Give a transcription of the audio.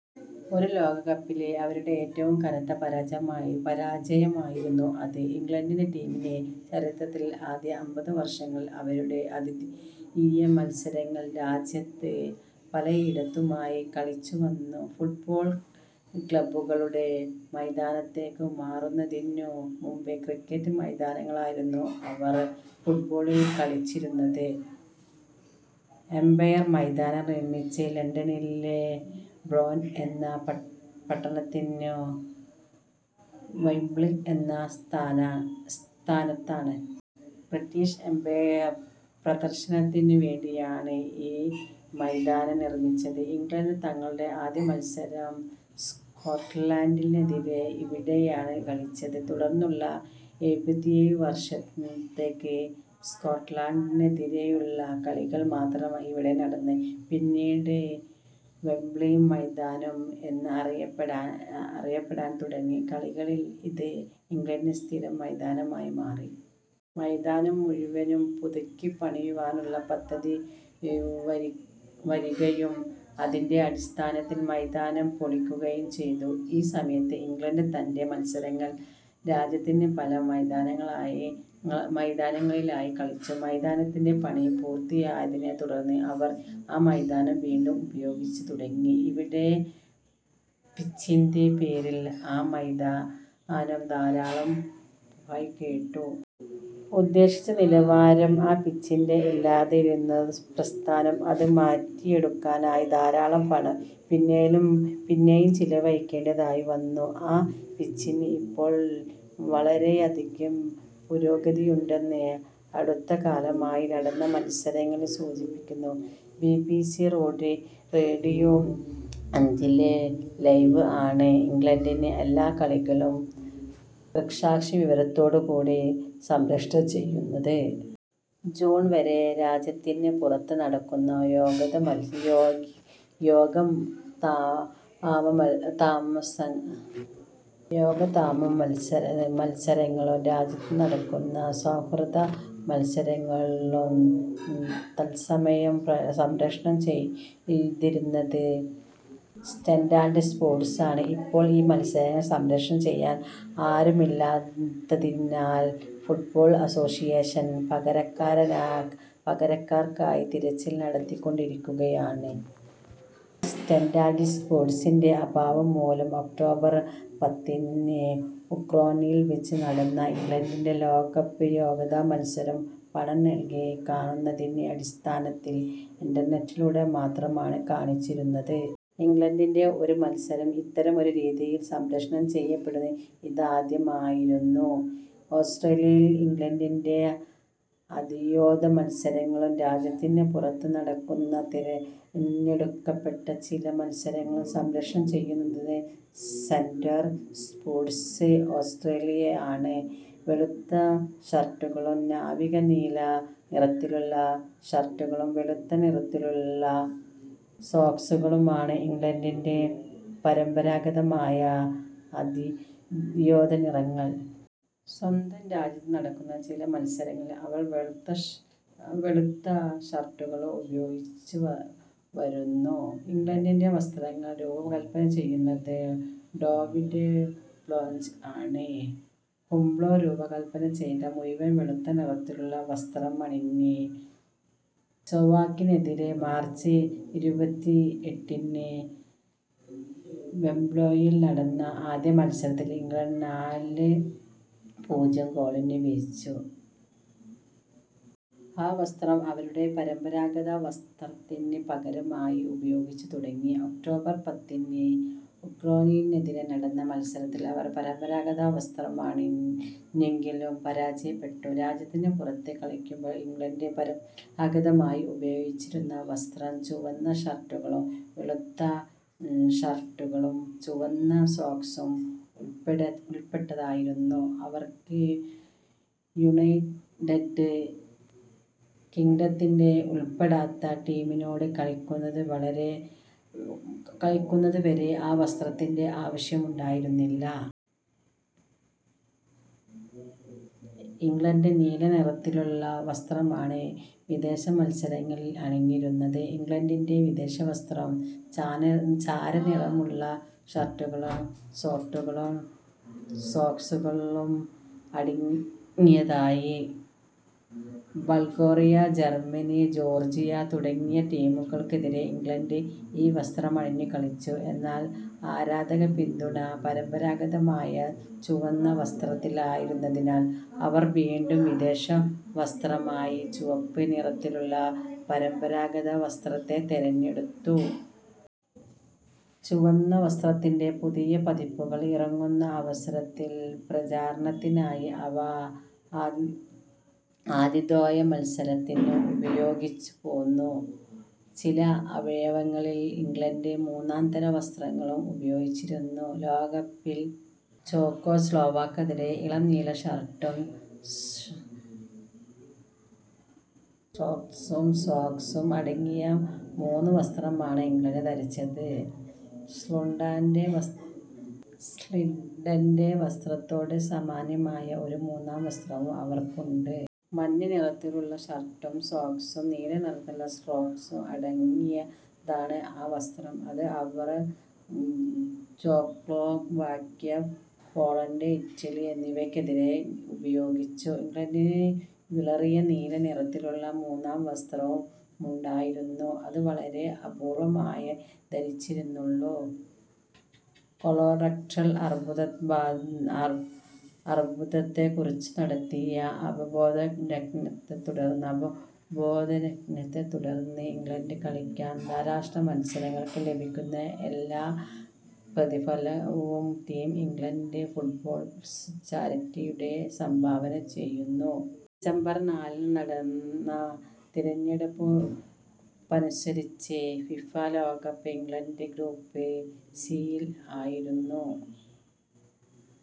ഒരു ലോകകപ്പിലെ അവരുടെ ഏറ്റവും കനത്ത പരാജയമായിരുന്നു അത്. ഇംഗ്ലണ്ട് ടീമിന്റെ ചരിത്രത്തിലെ ആദ്യ അമ്പത് വർഷങ്ങളിൽ അവരുടെ ആതിഥേയ മത്സരങ്ങൾ രാജ്യത്ത് പലയിടത്തുമായി കളിച്ചു വന്നു. ഫുട്ബോൾ ക്ലബ്ബുകളുടെ മൈതാനത്തിലേക്ക് മാറുന്നതിനു മുമ്പ് ക്രിക്കറ്റ് മൈതാനങ്ങളിലായിരുന്നു അവർ ഫുട്ബോൾ കളിച്ചിരുന്നത്. എമ്പയർ മൈതാനം നിർമ്മിച്ചത് ലണ്ടനിലെ ബ്രെന്റ് എന്ന പട്ടണത്തിലുള്ള വെംബ്ലി എന്ന സ്ഥലത്താണ്. ബ്രിട്ടീഷ് എമ്പയർ പ്രദർശനത്തിനു വേണ്ടിയാണ് ഈ മൈതാനം നിർമ്മിച്ചത്. ഇംഗ്ലണ്ട് തങ്ങളുടെ ആദ്യ മത്സരം സ്കോട്ട്ലൻഡിനെതിരെ ഇവിടെയാണ് കളിച്ചത്. തുടർന്നുള്ള ഇരുപത്തിയേഴ് വർഷത്തേക്ക് സ്കോട്ട്ലൻഡിനെതിരായുള്ള കളികൾ മാത്രമാണ് അവിടെ നടന്നത്. പിന്നീട് അത് വെംബ്ലി മൈതാനം എന്ന് അറിയപ്പെടാൻ തുടങ്ങി. കളികളിൽ അത് ഇംഗ്ലണ്ടിന്റെ സ്ഥിരം മൈതാനമായി മാറി. മൈതാനം മുഴുവനായും പുതുക്കിപ്പണിയാനുള്ള പദ്ധതി വരികയും അതിന്റെ അടിസ്ഥാനത്തിൽ മൈതാനം പൊളിക്കുകയും ചെയ്തു. ആ സമയത്ത് ഇംഗ്ലണ്ട് തങ്ങളുടെ മത്സരങ്ങൾ രാജ്യത്ത് പല മൈതാനങ്ങളിലായി കളിച്ചു. മൈതാനത്തിന്റെ പണി പൂർത്തിയായതിനെത്തുടർന്ന് അവർ ആ മൈതാനം വീണ്ടും ഉപയോഗിച്ചു തുടങ്ങി. അവിടുത്തെ പിച്ചിന്റെ പേരിൽ ആ മൈതാനം ധാരാളം പഴികേട്ടു. ഉദ്ദേശിച്ച നിലവാരം ആ പിച്ചിന് ഇല്ലെന്നതായിരുന്നു പ്രശ്നം. അത് മാറ്റിയെടുക്കാനായി ധാരാളം പണം പിന്നേയും ചിലവഴിക്കേണ്ടതായി വന്നു. ആ പിച്ചിന് ഇപ്പോൾ വളരെയധികം പുരോഗതിയുണ്ടെന്ന് അടുത്തകാലത്തായി നടന്ന മത്സരഫലങ്ങൾ സൂചിപ്പിക്കുന്നു. ബി. ബി. സി. റേഡിയോ അഞ്ചിലെ ലൈവ് ആണ് ഇംഗ്ലണ്ടിന്റെ എല്ലാ കളികളും ദൃക്സാക്ഷിവിവരണത്തോടുകൂടി സംപ്രേഷണം ചെയ്യുന്നത്. ജൂൺ വരെ രാജ്യത്തിനു പുറത്ത് നടക്കുന്ന യോഗ്യതാമത്സരങ്ങളും രാജ്യത്ത് നടക്കുന്ന സൗഹൃദമത്സരങ്ങളും തത്സമയം സംപ്രേഷണം ചെയ്തിരുന്നത് സെറ്റാന്റ സ്പോർട്ട്സ് ആണ്. ഇപ്പോൾ ഈ മത്സരങ്ങൾ സംപ്രേഷണം ചെയ്യാൻ ആരുമില്ലാത്തതിനാൽ ഫുട്ബോൾ അസോസിയേഷൻ പകരക്കാർക്കായി തിരച്ചിൽ നടത്തിക്കൊണ്ടിരിക്കുകയാണ്. സെറ്റാന്റ സ്പോർട്ട്സിന്റെ അഭാവം മൂലം ഒക്ടോബർ പത്തിന് ഉക്രൈനിൽ വെച്ച് നടന്ന ഇംഗ്ലണ്ടിന്റെ ലോകകപ്പ് യോഗ്യതാമത്സരം പണം നൽകി കാണുന്നതിന്റെ അടിസ്ഥാനത്തിൽ ഇന്റർനെറ്റിലൂടെ മാത്രമാണ് കാണിച്ചിരുന്നത്. ഇംഗ്ലണ്ടിന്റെ ഒരു മത്സരം ഇത്തരമൊരു രീതിയിൽ സംപ്രേഷണം ചെയ്യപ്പെട്ടത് ഇതാദ്യമായിരുന്നു. ഓസ്ട്രേലിയയിൽ, ഇംഗ്ലണ്ടിന്റെ ആതിഥേയ മത്സരങ്ങളും രാജ്യത്തിനു പുറത്ത് നടക്കുന്ന തിരഞ്ഞെടുക്കപ്പെട്ട ചില മത്സരങ്ങളും സംപ്രേഷണം ചെയ്യുന്നത് സെറ്റാന്റ സ്പോർട്ട്സ് ഓസ്ട്രേലിയ ആണ്. വെളുത്ത ഷർട്ടുകളും നാവിക നീല നിറത്തിലുള്ള ഷോർട്ടുകളും വെളുത്ത നിറത്തിലുള്ള സോക്സുകളുമാണ് ഇംഗ്ലണ്ടിന്റെ പരമ്പരാഗതമായ ആതിഥേയ നിറങ്ങൾ. സ്വന്തം രാജ്യത്ത് നടക്കുന്ന ചില മത്സരങ്ങളിൽ അവർ വെളുത്ത ഷോർട്ട്സുകളും ഉപയോഗിച്ചുവരുന്നു. ഇംഗ്ലണ്ടിന്റെ വസ്ത്രങ്ങൾ രൂപകല്പന ചെയ്യുന്നത് ഡേവിഡ് ബ്ലാഞ്ച് ആണ്. ഉംബ്രോ രൂപകല്പന ചെയ്ത മുഴുവൻ വെളുത്തനിറത്തിലുള്ള വസ്ത്രമണിഞ്ഞ് സ്ലോവാക്യക്കെതിരെ മാർച്ച് ഇരുപത്തിഎട്ടിന് വെംബ്ലിയിൽ നടന്ന ആദ്യ മത്സരത്തിൽ ഇംഗ്ലണ്ട് നാല് -പൂജ്യം ഗോളിന് വിജയിച്ചു. ആ വസ്ത്രം അവരുടെ പരമ്പരാഗത വസ്ത്രത്തിനു പകരമായി ഉപയോഗിച്ചു തുടങ്ങി. ഒക്ടോബർ പത്തിന് ഉക്രൈനിനെതിരെ നടന്ന മത്സരത്തിൽ അവർ പരമ്പരാഗത വസ്ത്രമാണണിഞ്ഞതെങ്കിലും പരാജയപ്പെട്ടു. രാജ്യത്തിനു പുറത്ത് കളിക്കുമ്പോൾ ഇംഗ്ലണ്ട് പരമ്പരാഗതമായി ഉപയോഗിച്ചിരുന്ന വസ്ത്രം ചുവന്ന ഷർട്ടുകളും വെളുത്ത ഷോർട്ട്സുകളും ചുവന്ന സോക്സുകളും ഉൾപ്പെട്ടതായിരുന്നു. അവർക്ക് യുണൈറ്റഡ് കിംഗ്ഡത്തിൽ ഉൾപ്പെടാത്ത ടീമിനോട് കയക്കുന്നു വരെ ആ വസ്ത്രത്തിന്റെ ആവശ്യമുണ്ടായിരുന്നില്ല. ഇംഗ്ലണ്ട് നീല നിറത്തിലുള്ള വസ്ത്രമാണ് വിദേശമത്സരങ്ങളിൽ അണിഞ്ഞിരുന്നത്. ഇംഗ്ലണ്ടിന്റെ വിദേശവസ്ത്രം ചാരനിറമുള്ള ഷർട്ടുകളും ഷോർട്ട്സുകളും സോക്സുകളും അടങ്ങിയതായി. ബൾഗേറിയ, ജർമ്മനി, ജോർജിയ തുടങ്ങിയ ടീമുകൾക്കെതിരെ ഇംഗ്ലണ്ട് ഈ വസ്ത്രമണിഞ്ഞ് കളിച്ചു. എന്നാൽ ആരാധകപിന്തുണ പരമ്പരാഗതമായ ചുവന്ന വസ്ത്രത്തിനായതിനാൽ അവർ വീണ്ടും വിദേശ വസ്ത്രമായി ചുവപ്പ് നിറത്തിലുള്ള പരമ്പരാഗത വസ്ത്രത്തെ തിരഞ്ഞെടുത്തു. ചുവന്ന വസ്ത്രത്തിന്റെ പുതിയ പതിപ്പുകൾ ഇറങ്ങുന്ന അവസരത്തിൽ പ്രചാരണത്തിനായി അവ ആതിഥേയ മത്സരങ്ങളിലും ഉപയോഗിച്ചുപോന്നു. ചില അവസരങ്ങളിൽ ഇംഗ്ലണ്ട് മൂന്നാം തരം വസ്ത്രങ്ങളും ഉപയോഗിച്ചിരുന്നു. ലോകകപ്പിൽ ചെകോസ്ലോവാക്യക്കെതിരെ ഇളം നീല ഷർട്ടും ഷോർട്ട്സും സോക്സും അടങ്ങിയ മൂന്നാം വസ്ത്രമാണ് ഇംഗ്ലണ്ട് ധരിച്ചത്. സ്വീഡന്റെ വസ്ത്രത്തോട് സമാനമായ ഒരു മൂന്നാം വസ്ത്രവും അവർക്കുണ്ട്. മഞ്ഞ നിറത്തിലുള്ള ഷർട്ടും സോക്സും നീല നിറത്തിലുള്ള ഷോർട്ട്സും അടങ്ങിയാതാണ് ആ വസ്ത്രം. അത് അവർ ചെകോസ്ലോവാക്യ, പോളണ്ട്, ഇറ്റലി എന്നിവർക്കെതിരെ ഉപയോഗിച്ചു. ഇംഗ്ലണ്ടിന് വിളറിയ നീല നിറത്തിലുള്ള മൂന്നാം വസ്ത്രവുമുണ്ടായിരുന്നു. അത് വളരെ അപൂർവ്വമായേ ധരിച്ചിരുന്നുള്ളൂ. കൊളോറെക്ടൽ അർബുദത്തെക്കുറിച്ച് നടത്തിയ അവബോധയജ്ഞത്തെത്തുടർന്ന് ഇംഗ്ലണ്ട് കളിക്കാർ അന്താരാഷ്ട്ര മത്സരങ്ങൾക്ക് ലഭിക്കുന്ന എല്ലാ പ്രതിഫലവും ടീം ഇംഗ്ലണ്ട് ഫുട്ബോളേഴ്സ് ചാരിറ്റിയിലൂടെ സംഭാവന ചെയ്യുന്നു. ഡിസംബർ നാലിന് നടന്ന തിരഞ്ഞെടുപ്പനുസരിച്ച് ഫിഫ ലോകകപ്പിൽ ഇംഗ്ലണ്ട് ഗ്രൂപ്പ് സിയിൽ ആയിരുന്നു.